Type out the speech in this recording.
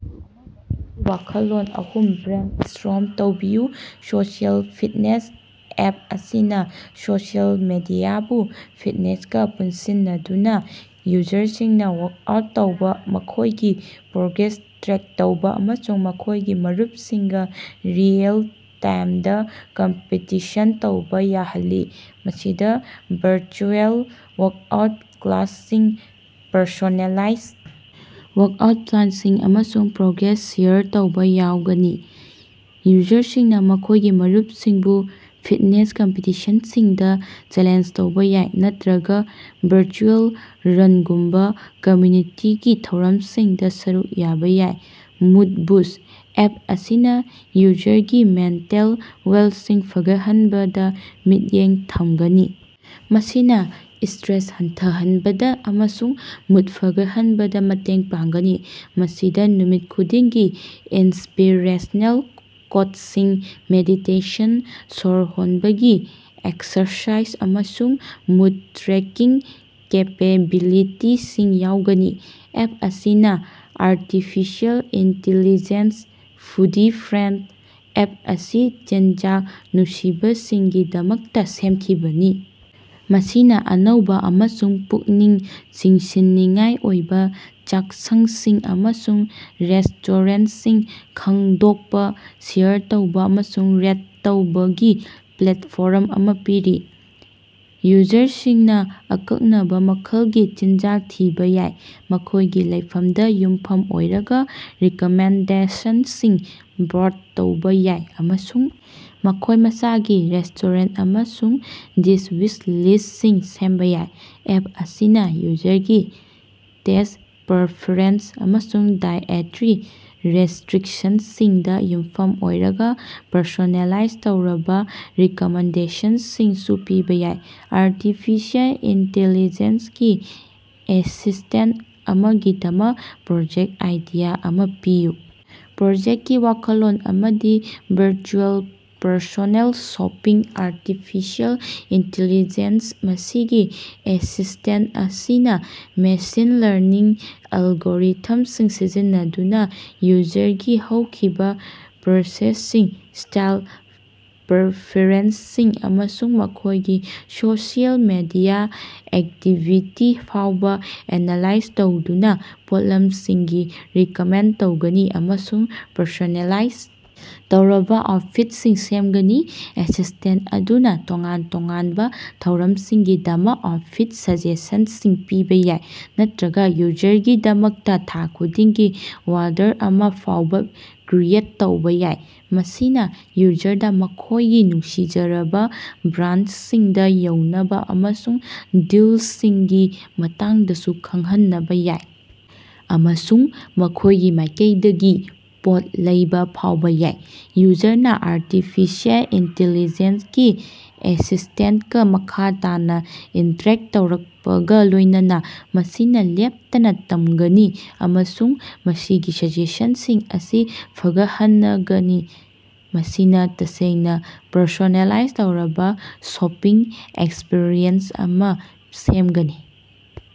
ꯑꯅꯧꯕꯥ ꯑꯦꯞꯀꯤ ꯋꯥꯈꯜꯂꯣꯟ ꯑꯍꯨꯝ ꯕ꯭ꯔꯦꯟꯁ꯭ꯇꯣꯔꯝ ꯇꯧꯕꯤꯌꯨ꯫ ꯁꯣꯁꯤꯑꯦꯜ ꯐꯤꯠꯅꯦꯁ: ꯑꯦꯞ ꯑꯁꯤꯅ ꯁꯣꯁꯤꯑꯦꯜ ꯃꯤꯗꯤꯌꯥꯕꯨ ꯐꯤꯠꯅꯦꯁꯀꯥ ꯄꯨꯟꯁꯤꯟꯅꯗꯨꯅ ꯌꯨꯖꯔꯁꯤꯡꯅ ꯋꯥꯔꯛꯑꯥꯎꯠ ꯇꯧꯕ, ꯃꯈꯣꯏꯒꯤ ꯄ꯭ꯔꯣꯒ꯭ꯔꯦꯁ ꯇ꯭ꯔꯦꯛ ꯇꯧꯕ ꯑꯃꯁꯨꯡ ꯃꯈꯣꯏꯒꯤ ꯃꯔꯨꯞꯁꯤꯡꯒ ꯔꯤꯑꯦꯜ-ꯇꯥꯏꯝꯗꯥ ꯀꯝꯄꯤꯇꯤꯁꯟ ꯇꯧꯕ ꯌꯥꯍꯜꯂꯤ꯫ ꯃꯁꯤꯗ ꯚꯔꯆꯨꯑꯦꯜ ꯋꯥꯔꯛꯑꯥꯎꯠ ꯀ꯭ꯂꯥꯁꯁꯤꯡ, ꯄꯔꯁꯣꯅꯦꯂꯥꯏꯖ ꯋꯥꯔꯛꯑꯥꯎꯠ ꯄ꯭ꯂꯥꯟꯁꯤꯡ, ꯑꯃꯁꯨꯡ ꯄ꯭ꯔꯣꯒ꯭ꯔꯦꯁ ꯁꯦꯌꯔ ꯇꯧꯕ ꯌꯥꯎꯒꯅꯤ꯫ ꯌꯨꯖꯔꯁꯤꯡꯅ ꯃꯈꯣꯏꯒꯤ ꯃꯔꯨꯞꯁꯤꯡꯕꯨ ꯐꯤꯠꯅꯦꯁ ꯀꯝꯄꯤꯇꯤꯁꯟꯁꯤꯡꯗꯥ ꯆꯦꯂꯦꯟꯖ ꯇꯧꯕ ꯌꯥꯏ ꯅꯠꯇ꯭ꯔꯒ ꯚꯔꯆꯨꯑꯦꯜ ꯔꯟꯒꯨꯝꯕꯥ ꯀꯝꯃꯌꯨꯅꯤꯇꯤꯒꯤ ꯊꯧꯔꯝꯁꯤꯡꯗ ꯁꯔꯨꯛ ꯌꯥꯕ ꯌꯥꯏ꯫ ꯃꯨꯠ ꯕꯨꯁ: ꯑꯦꯞ ꯑꯁꯤꯅ ꯌꯨꯖꯔꯒꯤ ꯃꯦꯟꯇꯦꯜ ꯋꯦꯜꯁꯤꯡ ꯐꯒꯠꯍꯟꯕꯗ ꯃꯤꯠꯌꯦꯡ ꯊꯝꯒꯅꯤ, ꯃꯁꯤꯅ ꯁꯇ꯭ꯔꯦꯁ ꯍꯟꯊꯍꯟꯕꯗ ꯑꯃꯁꯨꯡ ꯃꯨꯠ ꯐꯒꯠꯍꯟꯕꯗ ꯃꯇꯦꯡ ꯄꯥꯡꯒꯅꯤ꯫ ꯃꯁꯤꯗ ꯅꯨꯃꯤꯠ ꯈꯨꯗꯤꯡꯒꯤ ꯏꯟꯁꯄꯤꯔꯦꯁꯅꯦꯜ ꯀꯣꯠꯁꯤꯡ, ꯃꯦꯗꯤꯇꯦꯁꯟ, ꯁꯣꯔ ꯍꯣꯟꯕꯒꯤ ꯑꯦꯛꯁꯔꯁꯥꯏꯖ, ꯑꯃꯁꯨꯡ ꯃꯨꯠ ꯇ꯭ꯔꯦꯀꯤꯡ ꯀꯦꯄꯦꯕꯤꯂꯤꯇꯤꯁꯤꯡ ꯌꯥꯎꯒꯅꯤ꯫ ꯑꯦꯞ ꯑꯁꯤꯅ artificial intelligence foodie friend: app ꯑꯁꯤ ꯆꯤꯟꯖꯥꯛ ꯅꯨꯡꯁꯤꯕꯁꯤꯡꯒꯤꯗꯃꯛꯇ ꯁꯦꯝꯈꯤꯕꯅꯤ, ꯃꯁꯤꯅ ꯑꯅꯧꯕ ꯑꯃꯁꯨꯡ ꯄꯨꯛꯅꯤꯡ ꯆꯤꯡꯁꯤꯟꯅꯤꯡꯉꯥꯏ ꯑꯣꯏꯕ ꯆꯥꯛꯁꯪꯁꯤꯡ ꯑꯃꯁꯨꯡ ꯔꯦꯁꯇꯣꯔꯦꯟꯁꯤꯡ ꯈꯪꯗꯣꯛꯄ, ꯁꯦꯌꯔ ꯇꯧꯕ ꯑꯃꯁꯨꯡ ꯔꯦꯠ ꯇꯧꯕꯒꯤ ꯄ꯭ꯂꯦꯠꯐꯣꯔꯝ ꯑꯃ ꯄꯤꯔꯤ꯫ ꯌꯨꯖꯔꯁꯤꯡꯅ ꯑꯀꯛꯅꯕ ꯃꯈꯜꯒꯤ ꯆꯤꯟꯖꯥꯛ ꯊꯤꯕ ꯌꯥꯏ, ꯃꯈꯣꯏꯒꯤ ꯂꯩꯐꯝꯗ ꯌꯨꯝꯐꯝ ꯑꯣꯏꯔꯒ ꯔꯤꯀꯃꯦꯟꯗꯦꯁꯟꯁꯤꯡ ꯕ꯭ꯔꯣꯠ ꯇꯧꯕ ꯌꯥꯏ ꯑꯃꯁꯨꯡ ꯃꯈꯣꯏ ꯃꯁꯥꯒꯤ ꯔꯦꯁꯇꯣꯔꯦꯟ ꯑꯃꯁꯨꯡ ꯗꯤꯁ ꯋꯤꯁ ꯂꯤꯁꯁꯤꯡ ꯁꯦꯝꯕ ꯌꯥꯏ꯫ ꯑꯦꯞ ꯑꯁꯤꯅ ꯌꯨꯖꯔꯒꯤ ꯇꯦꯁ ꯄꯔꯐꯦꯔꯦꯟꯁ ꯑꯃꯁꯨꯡ ꯗꯥꯏꯑꯦꯇꯔꯤ ꯔꯦꯁꯇ꯭ꯔꯤꯛꯁꯟꯁꯤꯡꯗ ꯌꯨꯝꯐꯝ ꯑꯣꯏꯔꯒ ꯄꯔꯁꯣꯅꯦꯂꯥꯏꯖ ꯇꯧꯔꯕ ꯔꯤꯀꯃꯦꯟꯗꯦꯁꯟꯁꯤꯡꯁꯨ ꯄꯤꯕ ꯌꯥꯏ꯫ ꯑꯔꯇꯤꯐꯤꯁꯦꯜ ꯏꯟꯇꯤꯂꯤꯖꯦꯟꯁ ꯒꯤ ꯑꯦꯁꯤꯁꯇꯦꯟ ꯑꯃꯒꯤꯗꯃꯛ ꯄ꯭ꯔꯣꯖꯦꯛꯇ ꯑꯥꯏꯗꯤꯌꯥ ꯑꯃ ꯄꯤꯌꯨ꯫ ꯄ꯭ꯔꯣꯖꯦꯛꯀꯤ ꯋꯥꯈꯜꯂꯣꯟ ꯑꯃꯗꯤ virtual personal shopping artificial intelligence ꯃꯁꯤꯒꯤ ꯑꯦꯁꯤꯁꯇꯦꯟ ꯑꯁꯤꯅ ꯃꯦꯁꯤꯟ ꯂꯔꯅꯤꯡ ꯑꯦꯜꯒꯣꯔꯤꯊꯝꯁꯤꯡ ꯁꯤꯖꯤꯟꯅꯗꯨꯅ ꯌꯨꯖꯔꯒꯤ ꯍꯧꯈꯤꯕ ꯄꯔꯆꯦꯖꯁꯤꯡ, ꯁ꯭ꯇꯥꯏꯜ ꯄꯔꯐꯦꯔꯦꯟꯁꯁꯤꯡ, ꯑꯃꯁꯨꯡ ꯃꯈꯣꯏꯒꯤ ꯁꯣꯁꯤꯑꯦꯜ ꯃꯤꯗꯤꯌꯥ ꯑꯦꯛꯇꯤꯚꯤꯇꯤ ꯐꯥꯎꯕ ꯑꯦꯅꯥꯂꯥꯏꯖ ꯇꯧꯗꯨꯅ ꯄꯣꯠꯂꯝꯁꯤꯡꯒꯤ ꯔꯤꯀꯃꯦꯟ ꯇꯧꯒꯅꯤ ꯑꯃꯁꯨꯡ ꯄꯔꯁꯣꯅꯦꯂꯥꯏꯖ ꯇꯧꯔꯕꯥ ꯑꯥꯎꯠꯐꯤꯠꯁꯤꯡ ꯁꯦꯝꯒꯅꯤ꯫ ꯑꯦꯁꯤꯁꯇꯦꯟ ꯑꯗꯨꯅ ꯇꯣꯉꯥꯟ ꯇꯣꯉꯥꯟꯕ ꯊꯧꯔꯝꯁꯤꯡꯒꯤꯗꯃꯛ ꯑꯥꯎꯠꯐꯤꯠ ꯁꯖꯦꯁꯟꯁꯤꯡ ꯄꯤꯕ ꯌꯥꯏ ꯅꯠꯇ꯭ꯔꯒ ꯌꯨꯖꯔꯒꯤꯗꯃꯛꯇ ꯊꯥ ꯈꯨꯗꯤꯡꯒꯤ ꯋꯥꯗ꯭ꯔꯕ ꯑꯃ ꯐꯥꯎꯕ ꯀ꯭ꯔꯤꯌꯦꯠ ꯇꯧꯕ ꯌꯥꯏ꯫ ꯃꯁꯤꯅ ꯌꯨꯖꯔꯗꯥ ꯃꯈꯣꯏꯒꯤ ꯅꯨꯡꯁꯤꯖꯔꯕꯥ ꯕ꯭ꯔꯥꯟꯗꯁꯤꯡꯗ ꯌꯧꯅꯕ ꯑꯃꯁꯨꯡ ꯗꯤꯜꯁꯤꯡꯒꯤ ꯃꯇꯥꯡꯗꯁꯨ ꯈꯪꯍꯟꯅꯕ ꯌꯥꯏ, ꯑꯃꯁꯨꯡ ꯃꯈꯣꯏꯒꯤ ꯃꯥꯏꯀꯩꯗꯒꯤ ꯄꯣꯠ ꯂꯩꯕ ꯐꯥꯎꯕ ꯌꯥꯏ꯫ ꯌꯨꯖꯔꯅꯥ ꯑꯔꯇꯤꯐꯤꯁꯦꯜ ꯏꯟꯇꯤꯂꯤꯖꯦꯟꯁꯒꯤ ꯑꯦꯁꯤꯁꯇꯦꯟꯀꯥ ꯃꯈꯥ ꯇꯥꯅ ꯏꯟꯇꯔꯦꯛ ꯇꯧꯔꯛꯄꯒ ꯂꯣꯏꯅꯅ, ꯃꯁꯤꯅ ꯂꯦꯞꯇꯅ ꯇꯝꯒꯅꯤ ꯑꯃꯁꯨꯡ ꯃꯁꯤꯒꯤ ꯁꯖꯦꯁꯟꯁꯤꯡ ꯑꯁꯤ ꯐꯒꯠꯍꯟꯅꯒꯅꯤ, ꯃꯁꯤꯅ ꯇꯁꯦꯡꯅ ꯄꯔꯁꯣꯅꯦꯂꯥꯏꯖ ꯇꯧꯔꯕ ꯁꯣꯄꯤꯡ ꯑꯦꯛꯁꯄꯤꯔꯤꯑꯦꯟꯁ ꯑꯃ ꯁꯦꯝꯒꯅꯤ꯫